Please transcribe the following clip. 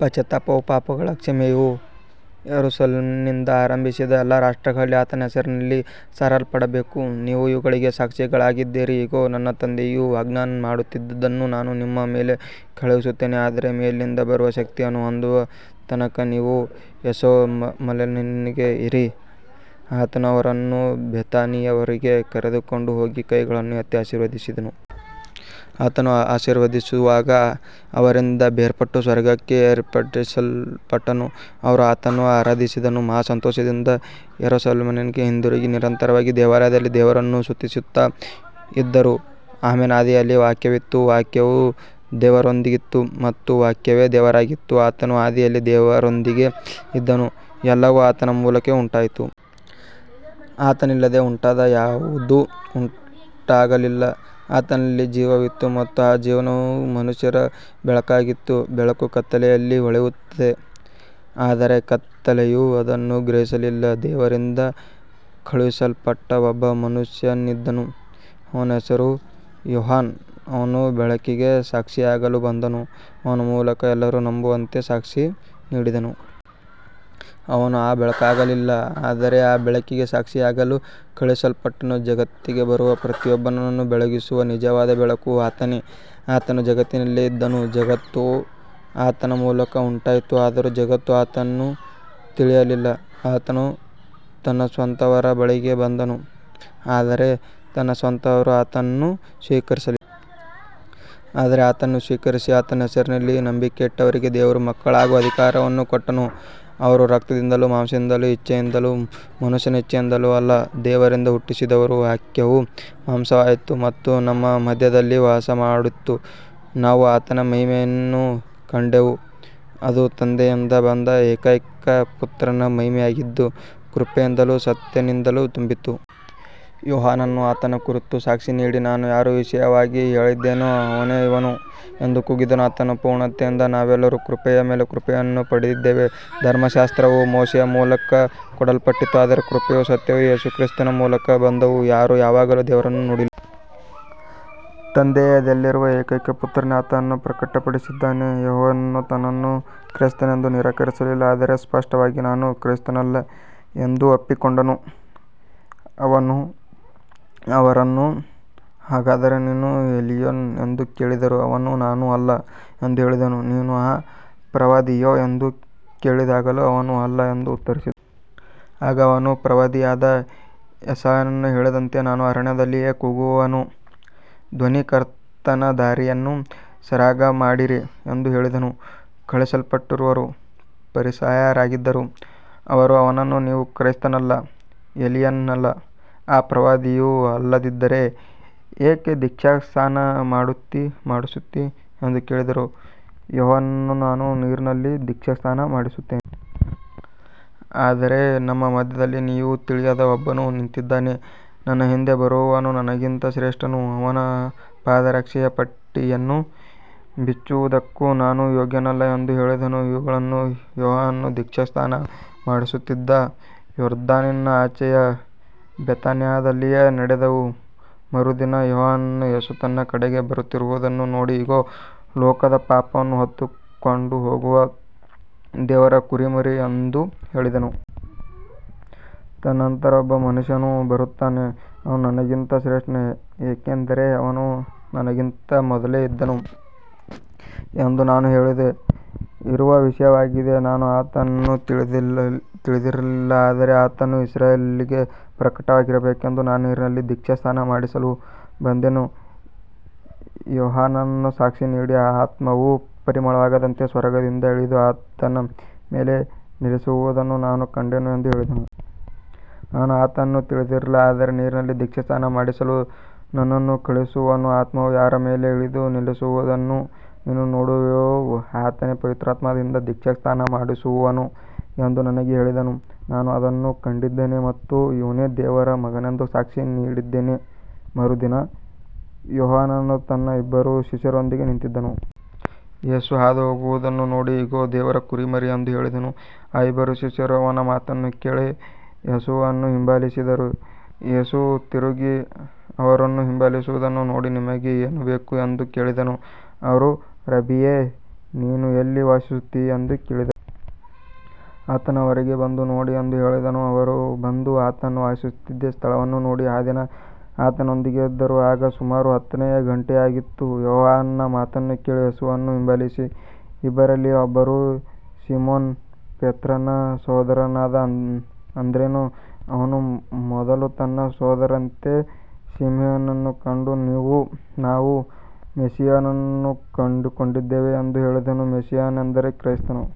ಪಶ್ಚಾತ್ತಾಪವೂ ಪಾಪಗಳ ಕ್ಷಮೆಯೂ ಯೆರೂಸಲೇಮಿನಿಂದ ಆರಂಭಿಸಿ ಎಲ್ಲಾ ರಾಷ್ಟ್ರಗಳಲ್ಲಿ ಆತನ ಹೆಸರಿನಲ್ಲಿ ಸಾರಲ್ಪಡಬೇಕು. ನೀವು ಇವುಗಳಿಗೆ ಸಾಕ್ಷಿಗಳಾಗಿದ್ದೀರಿ. ಇಗೋ, ನನ್ನ ತಂದೆಯು ವಾಗ್ದಾನ ಮಾಡಿದುದನ್ನು ನಾನು ನಿಮ್ಮ ಮೇಲೆ ಕಳುಹಿಸುತ್ತೇನೆ. ಆದರೆ ಮೇಲಿನಿಂದ ಬರುವ ಶಕ್ತಿಯನ್ನು ಹೊಂದುವ ತನಕ ನೀವು ಯೆರೂಸಲೇಮಿನಲ್ಲಿಯೇ ಇರಿ. ಆತನು ಅವರನ್ನು ಬೆಥಾನಿಯವರೆಗೆ ಕರೆದುಕೊಂಡು ಹೋಗಿ ಕೈಗಳನ್ನು ಎತ್ತಿ ಆಶೀರ್ವದಿಸಿದನು. ಆತನು ಆಶೀರ್ವದಿಸುತ್ತಿರುವಾಗ ಅವರಿಂದ ಬೇರ್ಪಟ್ಟು ಸ್ವರ್ಗಕ್ಕೆ ಏರಿಸಲ್ಪಟ್ಟನು. ಅವರು ಆತನನ್ನು ಆರಾಧಿಸಿ ಮಹಾ ಸಂತೋಷದಿಂದ ಯೆರೂಸಲೇಮಿಗೆ ಹಿಂದಿರುಗಿ, ನಿರಂತರವಾಗಿ ದೇವಾಲಯದಲ್ಲಿ ದೇವರನ್ನು ಸ್ತುತಿಸುತ್ತಾ ಇದ್ದರು. ಆಮೆನ್. ಆದಿಯಲ್ಲಿ ವಾಕ್ಯವಿತ್ತು. ವಾಕ್ಯವು ದೇವರೊಂದಿಗಿತ್ತು ಮತ್ತು ವಾಕ್ಯವೇ ದೇವರಾಗಿತ್ತು. ಆತನು ಆದಿಯಲ್ಲಿ ದೇವರೊಂದಿಗೆ ಇದ್ದನು. ಎಲ್ಲವೂ ಆತನ ಮೂಲಕವೇ ಉಂಟಾಯಿತು. ಆತನಿಲ್ಲದೆ ಉಂಟಾದ ಯಾವುದೂ ಉಂಟಾಗಲಿಲ್ಲ. ಆತನಲ್ಲಿ ಜೀವವಿತ್ತು ಮತ್ತು ಆ ಜೀವವು ಮನುಷ್ಯರ ಬೆಳಕಾಗಿತ್ತು. ಬೆಳಕು ಕತ್ತಲೆಯಲ್ಲಿ ಹೊಳೆಯುತ್ತದೆ, ಆದರೆ ಕತ್ತಲೆಯು ಅದನ್ನು ಗ್ರಹಿಸಲಿಲ್ಲ. ದೇವರಿಂದ ಕಳುಹಿಸಲ್ಪಟ್ಟ ಒಬ್ಬ ಮನುಷ್ಯನಿದ್ದನು. ಅವನ ಹೆಸರು ಯೋಹಾನ. ಅವನು ಬೆಳಕಿಗೆ ಸಾಕ್ಷಿಯಾಗಲು ಬಂದನು, ಅವನ ಮೂಲಕ ಎಲ್ಲರೂ ನಂಬುವಂತೆ ಸಾಕ್ಷಿ ನೀಡಿದನು. ಅವನು ಆ ಬೆಳಕಾಗಿರಲಿಲ್ಲ, ಆದರೆ ಆ ಬೆಳಕಿಗೆ ಸಾಕ್ಷಿಯಾಗಲು ಕಳುಹಿಸಲ್ಪಟ್ಟನು. ಜಗತ್ತಿಗೆ ಬರುವ ಪ್ರತಿಯೊಬ್ಬನನ್ನೂ ಬೆಳಗಿಸುವ ನಿಜವಾದ ಬೆಳಕು ಆತನೇ. ಆತನು ಜಗತ್ತಿನಲ್ಲಿ ಇದ್ದನು, ಜಗತ್ತು ಆತನ ಮೂಲಕ ಉಂಟಾಯಿತು, ಆದರೂ ಜಗತ್ತು ಆತನನ್ನು ತಿಳಿಯಲಿಲ್ಲ. ಆತನು ತನ್ನ ಸ್ವಂತವರ ಬಳಿಗೆ ಬಂದನು, ಆದರೆ ತನ್ನ ಸ್ವಂತವರು ಆತನನ್ನು ಸ್ವೀಕರಿಸಲಿಲ್ಲ. ಆದರೆ ಆತನನ್ನು ಸ್ವೀಕರಿಸಿ ಆತನ ಹೆಸರಿನಲ್ಲಿ ನಂಬಿಕೆಯಿಟ್ಟವರಿಗೆ ದೇವರ ಮಕ್ಕಳಾಗುವ ಅಧಿಕಾರವನ್ನು ಕೊಟ್ಟನು. ಅವರು ರಕ್ತದಿಂದಲೂ, ಮಾಂಸದ ಇಚ್ಛೆಯಿಂದಲೂ, ಮನುಷ್ಯನ ಇಚ್ಛೆಯಿಂದಲೂ ಅಲ್ಲ, ದೇವರಿಂದ ಹುಟ್ಟಿದವರು. ವಾಕ್ಯವು ಮಾಂಸವಾಯಿತು ಮತ್ತು ನಮ್ಮ ಮಧ್ಯದಲ್ಲಿ ವಾಸಮಾಡಿತು. ನಾವು ಆತನ ಮಹಿಮೆಯನ್ನು ಕಂಡೆವು. ಅದು ತಂದೆಯಿಂದ ಬಂದ ಏಕೈಕ ಪುತ್ರನ ಮಹಿಮೆಯಾಗಿದ್ದು, ಕೃಪೆಯಿಂದಲೂ ಸತ್ಯದಿಂದಲೂ ತುಂಬಿತ್ತು. ಯೋಹಾನನು ಆತನ ಕುರಿತು ಸಾಕ್ಷಿ ನೀಡಿ, ನಾನು ಯಾರ ವಿಷಯವಾಗಿ ಹೇಳಿದ್ದೆನೋ ಅವನೇ ಇವನು ಎಂದು ಕೂಗಿದನು. ಆತನ ಪೂರ್ಣತೆಯಿಂದ ನಾವೆಲ್ಲರೂ ಕೃಪೆಯ ಮೇಲೆ ಕೃಪೆಯನ್ನು ಪಡೆದಿದ್ದೇವೆ. ಧರ್ಮಶಾಸ್ತ್ರವು ಮೋಶೆಯ ಮೂಲಕ ಕೊಡಲ್ಪಟ್ಟಿತು, ಆದರೆ ಕೃಪೆಯೂ ಸತ್ಯವೂ ಯೇಸು ಕ್ರಿಸ್ತನ ಮೂಲಕ ಬಂದವು. ಯಾರೂ ಯಾವಾಗಲೂ ದೇವರನ್ನು ನೋಡಿಲ್ಲ. ತಂದೆಯ ಎದೆಯಲ್ಲಿರುವ ಏಕೈಕ ಪುತ್ರನೇ ಆತನನ್ನು ಪ್ರಕಟಪಡಿಸಿದ್ದಾನೆ. ಯೋಹಾನನು ತನ್ನನ್ನು ಕ್ರಿಸ್ತನೆಂದು ನಿರಾಕರಿಸಲಿಲ್ಲ, ಆದರೆ ಸ್ಪಷ್ಟವಾಗಿ, ನಾನು ಕ್ರಿಸ್ತನಲ್ಲ ಎಂದು ಒಪ್ಪಿಕೊಂಡನು. ಅವರು ಅವನನ್ನು, ಹಾಗಾದರೆ ನೀನು ಎಲೀಯನೋ ಎಂದು ಕೇಳಿದರು. ಅವನು, ನಾನು ಅಲ್ಲ ಎಂದು ಹೇಳಿದನು. ನೀನು ಆ ಪ್ರವಾದಿಯೋ ಎಂದು ಕೇಳಿದಾಗಲೂ ಅವನು, ಅಲ್ಲ ಎಂದು ಉತ್ತರಿಸಿದನು. ಆಗ ಅವನು, ಪ್ರವಾದಿಯಾದ ಯೆಶಾಯನು ಹೇಳಿದಂತೆ, ನಾನು ಅರಣ್ಯದಲ್ಲಿ ಕೂಗುವವನ ಧ್ವನಿ, ಕರ್ತನ ದಾರಿಯನ್ನು ಸರಾಗಮಾಡಿರಿ ಎಂದು ಹೇಳಿದನು. ಕಳುಹಿಸಲ್ಪಟ್ಟವರು ಫರಿಸಾಯರಾಗಿದ್ದರು. ಅವರು ಅವನನ್ನು, ನೀನು ಕ್ರಿಸ್ತನಲ್ಲ, ಎಲೀಯನಲ್ಲ, ಆ ಪ್ರವಾದಿಯೂ ಅಲ್ಲದಿದ್ದರೆ ಏಕೆ ದೀಕ್ಷಾಸ್ನಾನ ಮಾಡಿಸುತ್ತೀ ಎಂದು ಕೇಳಿದರು. ಯೋಹಾನನು, ನಾನು ನೀರಿನಲ್ಲಿ ದೀಕ್ಷಾಸ್ನಾನ ಮಾಡಿಸುತ್ತೇನೆ. ಆದರೆ ನಿಮ್ಮ ಮಧ್ಯದಲ್ಲಿ ನೀವು ತಿಳಿಯದ ಒಬ್ಬನು ನಿಂತಿದ್ದಾನೆ. ನನ್ನ ಹಿಂದೆ ಬರುವವನು ನನಗಿಂತ ಶ್ರೇಷ್ಠನು. ಅವನ ಪಾದರಕ್ಷೆಯ ಪಟ್ಟಿಯನ್ನು ಬಿಚ್ಚುವುದಕ್ಕೂ ನಾನು ಯೋಗ್ಯನಲ್ಲ ಎಂದು ಹೇಳಿದನು. ಇವುಗಳು ಯೋಹಾನನು ದೀಕ್ಷಾಸ್ನಾನ ಮಾಡಿಸುತ್ತಿದ್ದ ಯೊರ್ದಾನಿನ ಆಚೆಯ ಬೇತಾನ್ಯದಲ್ಲಿ ನಡೆದವು. ಮರುದಿನ ಯೋಹಾನನು ಯೇಸು ತನ್ನ ಕಡೆಗೆ ಬರುತ್ತಿರುವುದನ್ನು ನೋಡಿ, ಇಗೋ, ಲೋಕದ ಪಾಪವನ್ನು ಹೊತ್ತುಕೊಂಡು ಹೋಗುವ ದೇವರ ಕುರಿಮರಿ ಎಂದು ಹೇಳಿದನು. ನನ್ನ ನಂತರ ಒಬ್ಬ ಮನುಷ್ಯನು ಬರುತ್ತಾನೆ, ಅವನು ನನಗಿಂತ ಶ್ರೇಷ್ಠನು, ಏಕೆಂದರೆ ಅವನು ನನಗಿಂತ ಮೊದಲೇ ಇದ್ದನು ಎಂದು ನಾನು ಹೇಳಿದ್ದು ಇವರ ವಿಷಯವಾಗಿಯೇ. ನಾನು ಆತನನ್ನು ತಿಳಿದಿರಲಿಲ್ಲ. ಆದರೆ ಆತನು ಇಸ್ರಾಯೇಲಿಗೆ ಪ್ರಕಟವಾಗಬೇಕೆಂದು ನಾನು ನೀರಿನಲ್ಲಿ ದೀಕ್ಷಾಸ್ನಾನ ಮಾಡಿಸಲು ಬಂದೆನು. ಯೋಹಾನನು ಸಾಕ್ಷಿ ನೀಡಿ, ಆತ್ಮವು ಪಾರಿವಾಳದಂತೆ ಸ್ವರ್ಗದಿಂದ ಇಳಿದು ಆತನ ಮೇಲೆ ನೆಲೆಸುವುದನ್ನು ನಾನು ಕಂಡೆನು ಎಂದು ಹೇಳಿದನು. ನಾನು ಆತನನ್ನು ತಿಳಿದಿರಲಿಲ್ಲ. ಆದರೆ ನೀರಿನಲ್ಲಿ ದೀಕ್ಷಾಸ್ನಾನ ಮಾಡಿಸಲು ನನ್ನನ್ನು ಕಳುಹಿಸಿದವನು, ಆತ್ಮವು ಯಾರ ಮೇಲೆ ಇಳಿದು ನೆಲೆಸುವುದನ್ನು ನೀನು ನೋಡುವೆಯೋ ಆತನೇ ಪವಿತ್ರಾತ್ಮದಿಂದ ದೀಕ್ಷಾಸ್ನಾನ ಮಾಡಿಸುವವನು ಎಂದು ನನಗೆ ಹೇಳಿದ್ದನು. ನಾನು ಅದನ್ನು ಕಂಡಿದ್ದೇನೆ ಮತ್ತು ಇವನೇ ದೇವರ ಮಗನೆಂದು ಸಾಕ್ಷಿ ನೀಡಿದ್ದೇನೆ. ಮರುದಿನ ಯೋಹಾನನು ತನ್ನ ಇಬ್ಬರು ಶಿಷ್ಯರೊಂದಿಗೆ ನಿಂತಿದ್ದನು. ಯೇಸು ಹಾದುಹೋಗುವುದನ್ನು ನೋಡಿ, ಇಗೋ, ದೇವರ ಕುರಿಮರಿ ಎಂದು ಹೇಳಿದನು. ಆ ಇಬ್ಬರು ಶಿಷ್ಯರು ಅವನ ಮಾತನ್ನು ಕೇಳಿ ಯೇಸುವನ್ನು ಹಿಂಬಾಲಿಸಿದರು. ಯೇಸು ತಿರುಗಿ ಅವರು ಹಿಂಬಾಲಿಸುವುದನ್ನು ನೋಡಿ, ನಿಮಗೆ ಏನು ಬೇಕು ಎಂದು ಕೇಳಿದನು. ಅವರು, ರಬ್ಬಿಯೇ, ನೀನು ಎಲ್ಲಿ ವಾಸಿಸುತ್ತೀಯ ಎಂದು ಕೇಳಿದರು. ಆತನು ಅವರಿಗೆ, ಬಂದು ನೋಡಿ ಎಂದು ಹೇಳಿದನು. ಅವರು ಬಂದು ಆತನು ವಾಸಿಸುತ್ತಿದ್ದ ಸ್ಥಳವನ್ನು ನೋಡಿ, ಆ ದಿನ ಆತನೊಂದಿಗೆ ಇದ್ದರು. ಆಗ ಸುಮಾರು ಹತ್ತನೆಯ ಗಂಟೆಯಾಗಿತ್ತು. ಯೋಹಾನನ ಮಾತನ್ನು ಕೇಳಿ ಯೇಸುವನ್ನು ಹಿಂಬಾಲಿಸಿದ ಇಬ್ಬರಲ್ಲಿ ಒಬ್ಬನು ಸೀಮೋನ ಪೇತ್ರನ ಸಹೋದರನಾದ ಅಂದ್ರೆಯನು. ಅವನು ಮೊದಲು ತನ್ನ ಸಹೋದರ ಸೀಮೋನನನ್ನು ಕಂಡು, ನಾವು ಮೆಸ್ಸೀಯನನ್ನು ಕಂಡುಕೊಂಡಿದ್ದೇವೆ ಎಂದು ಹೇಳಿದನು. ಮೆಸ್ಸೀಯ ಎಂದರೆ ಕ್ರಿಸ್ತನು.